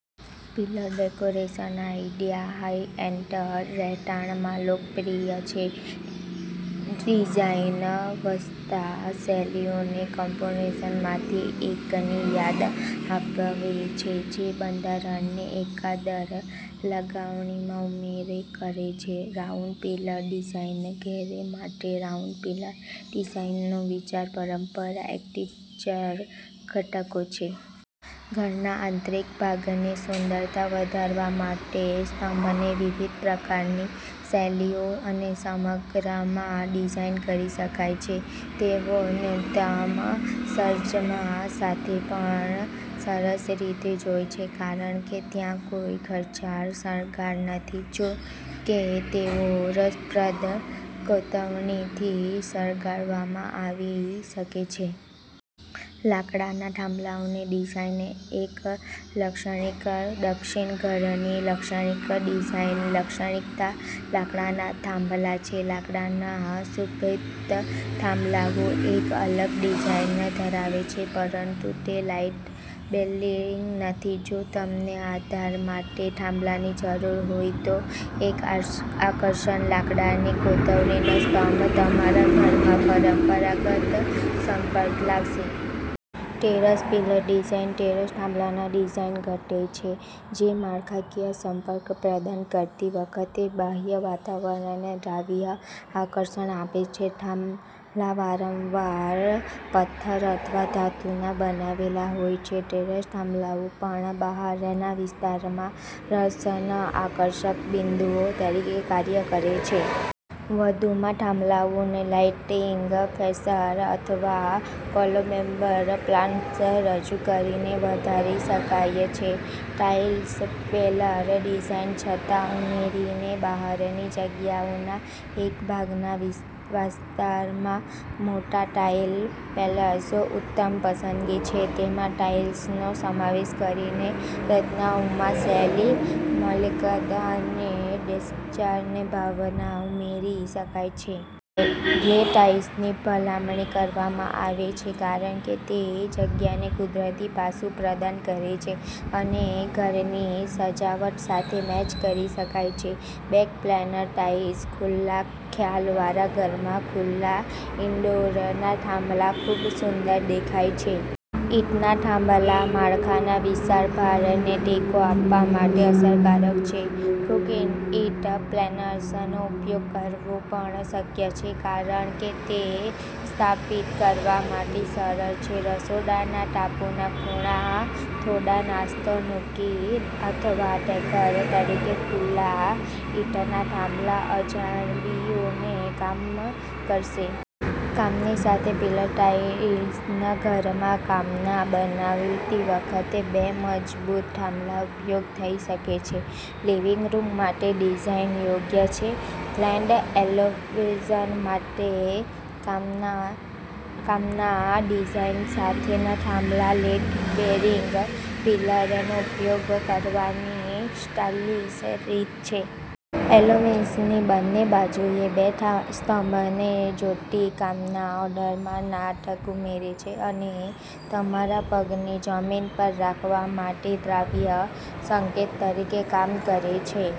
Pillar decoration idea high end રહેઠાણોમાં લોકપ્રિય છે. ડિઝાઇન વસતા શૈલીના કૉલમ્સમાંથી એકની યાદ અપાવે છે જે બંધારણની એકાંદર લગાવણીમાં ઉમેરા કરે છે. રાઉન્ડ પિલર ડિઝાઇન, ઘરો માટે રાઉન્ડ પિલર ના વિચારો પરંપરાગત આર્કિટેક્ચરલ ઘટકો છે. ઘરના આંતરિક ભાગની સુંદરતા વધારવા માટે સ્તંભોને વિવિધ પ્રકારની શૈલીઓ અને સામગ્રીમાં ડિઝાઇન કરી શકાય છે. તેઓ ન્યૂનતમ સરંજામ સાથે પણ સરસ રીતે જાય છે કારણ કે ત્યાં કોઈ ખર્ચાળ શણગાર નથી. જો કે, તેઓ રસપ્રદ કોતરણીથી શણગારવામાં આવી શકે છે. લાકડાના થાંભલાઓની ડિઝાઇન એક લક્ષણિક દક્ષિણ ઘરની લક્ષણિક ડિઝાઇન લાક્ષણિકતા લાકડાના થાંભલા છે. લાકડાના સુશોભિત થાંભલાઓ એક અલગ ડિઝાઇન ધરાવે છે પરંતુ તે લાઇડ બેરિંગ નથી. જો તમને આધાર માટે થાંભલાની જરૂર હોય તો એક આકર્ષક લાકડાની કોતરણીનો સ્તંભ તમારા ઘરમાં પરંપરાગત સ્પર્શ લાવશે. ટેરેસ પિલર ડિઝાઇન ટેરેસ થાંભલા ડિઝાઇન ઘટકો છે જે માળખાકીય સપોર્ટ પ્રદાન કરતી વખતે બાહ્ય વાતાવરણને દ્રશ્ય આકર્ષણ આપે છે. સ્તંભો વારંવાર કોંક્રિટ, પથ્થર અથવા ધાતુના બનેલા હોય છે. ટેરેસ થાંભલાઓ પણ બહારના વિસ્તારોમાં રસના આકર્ષક બિંદુઓ તરીકે કાર્ય કરે છે. વધુમાં, થાંભલાઓને લાઇટિંગ ફેક્સર અથવા પલગ પ્લાન્ટ્સ રજૂ કરીને વધારી શકાય છે. ટાઇલ્ડ પિલર ડિઝાઇન છતા ઉમેરીને બહારની જગ્યાના એક ભાગને વિસ્તારવા મોટા ટાઇલ્ડ પિલર્સ ઉત્તમ પસંદગી છે. તમે ટાઇલ્સનો સમાવેશ કરીને રચનાઓમાં શૈલી, મૌલિકતા અને ટેક્સચરની ભાવના ઉમેરી શકો છો. ગ્રે ટાઇલ્સની ભલામણ કરવામાં આવે છે કારણ કે તે જગ્યાને કુદરતી પાસું પ્રદાન કરે છે અને ઘરની સજાવટ સાથે મેચ કરી શકાય છે. બ્રેક પિલર ડિઝાઇન ખુલ્લા ખ્યાલવાળા ઘરમાં, ખુલ્લા ઈંટના થાંભલા ખૂબ સુંદર દેખાય છે. ઈંટના થાંભલા માળખાના વિશાળ ભારને ટેકો આપવા માટે અસરકારક છે. ફોક્સ ઈંટ પેનલ્સનો ઉપયોગ કરવો પણ શક્ય છે કારણ કે તે સ્થાપિત કરવા માટે સરળ છે. રસોડાના ટાપુના ખૂણા થોડો નાસ્તો નૂક અથવા ડેસ્ક તરીકે ખુલ્લી ઈંટનો થાંભલો અજાયબીઓનું કામ કરશે. કામની સાથે પિલર ટાઇલ્સ ઘરમાં કામના બનાવાતી વખતે, તેમજ બે મજબૂત થાંભલા ઉપયોગી થઈ શકે છે. લિવિંગ રૂમ માટે ડિઝાઇન યોગ્ય છે. ફ્રેન્ એલોવેશન માટે કામના કામના ડિઝાઇન સાથેનો થાંભલો લૈડ બેરિંગ પિલરનો ઉપયોગ કરવાની સ્ટાઇલિશ રીત છે. એલિવેશનની બંને બાજુએ બે સ્તંભોને જોડતી કમાન ઓરડામાં નાટક ઉમેરે છે અને તમારા પગને જમીન પર રાખવા માટે દ્રશ્ય સંકેત તરીકે કામ કરે છે.